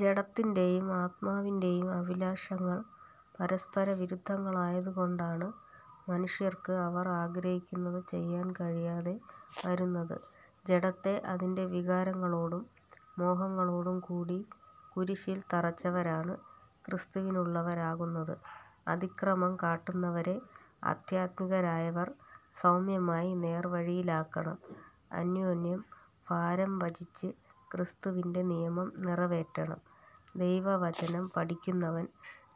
ജഡത്തിന്റേയും ആത്മാവിന്റേയും അഭിലാഷങ്ങൾ പരസ്പരവിരുദ്ധങ്ങളായതു കൊണ്ടാണ് മനുഷ്യർക്ക് അവർ ആഗ്രഹിക്കുന്നതു ചെയ്യാൻ കഴിയാതെ വരുന്നത്. ജഡത്തെ അതിന്റെ വികാരങ്ങളോടും മോഹങ്ങളോടും കൂടി കുരിശിൽ തറച്ചവരാണ് ക്രിസ്തുവിനുള്ളവരാകുന്നത്. അതിക്രമം കാട്ടുന്നവരെ ആധ്യാത്മികരായവർ സൗമ്യമായി നേർവഴിയിലാക്കണം. അന്യോന്യം ഭാരം വചിച്ച് ക്രിസ്തുവിന്റെ നിയമം നിറവേറ്റണം. ദൈവവചനം പഠിക്കുന്നവൻ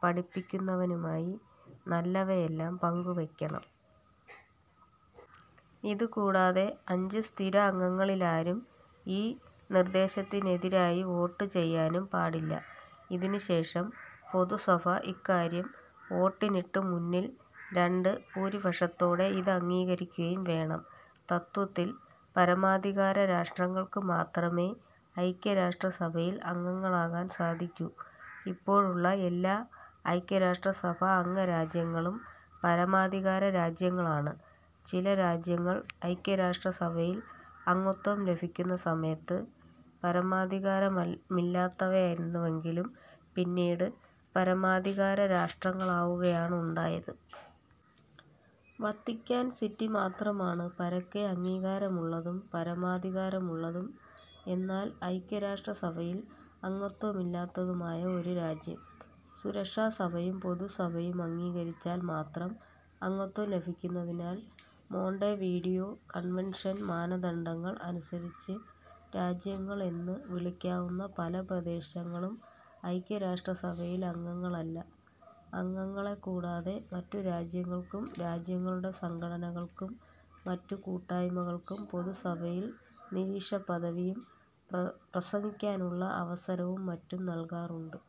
പഠിപ്പിക്കുന്നവനുമായി നല്ലവയെല്ലാം പങ്കുവയ്ക്കണം. ഇതുകൂടാതെ അഞ്ച് സ്ഥിരാംഗങ്ങളിലാരും ഈ നിർദ്ദേശത്തിനെതിരായി വോട്ട് ചെയ്യാനും പാടില്ല. ഇതിനുശേഷം പൊതുസഭ ഇക്കാര്യം വോട്ടിനിട്ട് മൂന്നിൽ രണ്ട് ഭൂരിപക്ഷത്തോടേ ഇതംഗീകരിക്കുകയും വേണം. തത്ത്വത്തിൽ പരമാധികാര രാഷ്ട്രങ്ങൾക്ക് മാത്രമേ ഐക്യരാഷ്ട്രസഭയിൽ അംഗങ്ങളാകാൻ സാധിക്കൂ. ഇപ്പോഴുള്ള എല്ലാ ഐക്യരാഷ്ട്രസഭാ അംഗരാജ്യങ്ങളും പരമാധികാര രാജ്യങ്ങളാണ്. ചില രാജ്യങ്ങൾ ഐക്യരാഷ്ട്രസഭയിൽ അംഗത്വം ലഭിക്കുന്ന സമയത്ത് പരമാധികാരമില്ലാത്തവയായിരുന്നുവെങ്കിലും പിന്നീട് പരമാധികാരരാഷ്ട്രങ്ങളാവുകയാണുണ്ടായത്. വത്തിക്കാൻ സിറ്റി മാത്രമാണ് പരക്കെ അംഗീകാരമുള്ളതും പരമാധികാരമുള്ളതും എന്നാൽ ഐക്യരാഷ്ട്രസഭയിൽ അംഗത്വമില്ലാത്തതുമായ ഒരു രാജ്യം. സുരക്ഷാ സഭയും പൊതുസഭയും അംഗീകരിച്ചാൽ മാത്രം അംഗത്വം ലഭിക്കുന്നതിനാൽ മോണ്ടെവീഡിയോ കൺവെൻഷൻ മാനദണ്ഡങ്ങൾ അനുസരിച്ച് രാജ്യങ്ങൾ എന്ന് വിളിക്കാവുന്ന പല പ്രദേശങ്ങളും ഐക്യരാഷ്ട്രസഭയിൽ അംഗങ്ങളല്ല. അംഗങ്ങളെക്കൂടാതെ മറ്റു രാജ്യങ്ങൾക്കും രാജ്യങ്ങളുടെ സംഘടനകൾക്കും, മറ്റു കൂട്ടായ്മകൾക്കും പൊതുസഭയിൽ നിരീക്ഷകപദവിയും പ്രസംഗിക്കാനുള്ള അവസരവും മറ്റും നൽകാറുണ്ട്.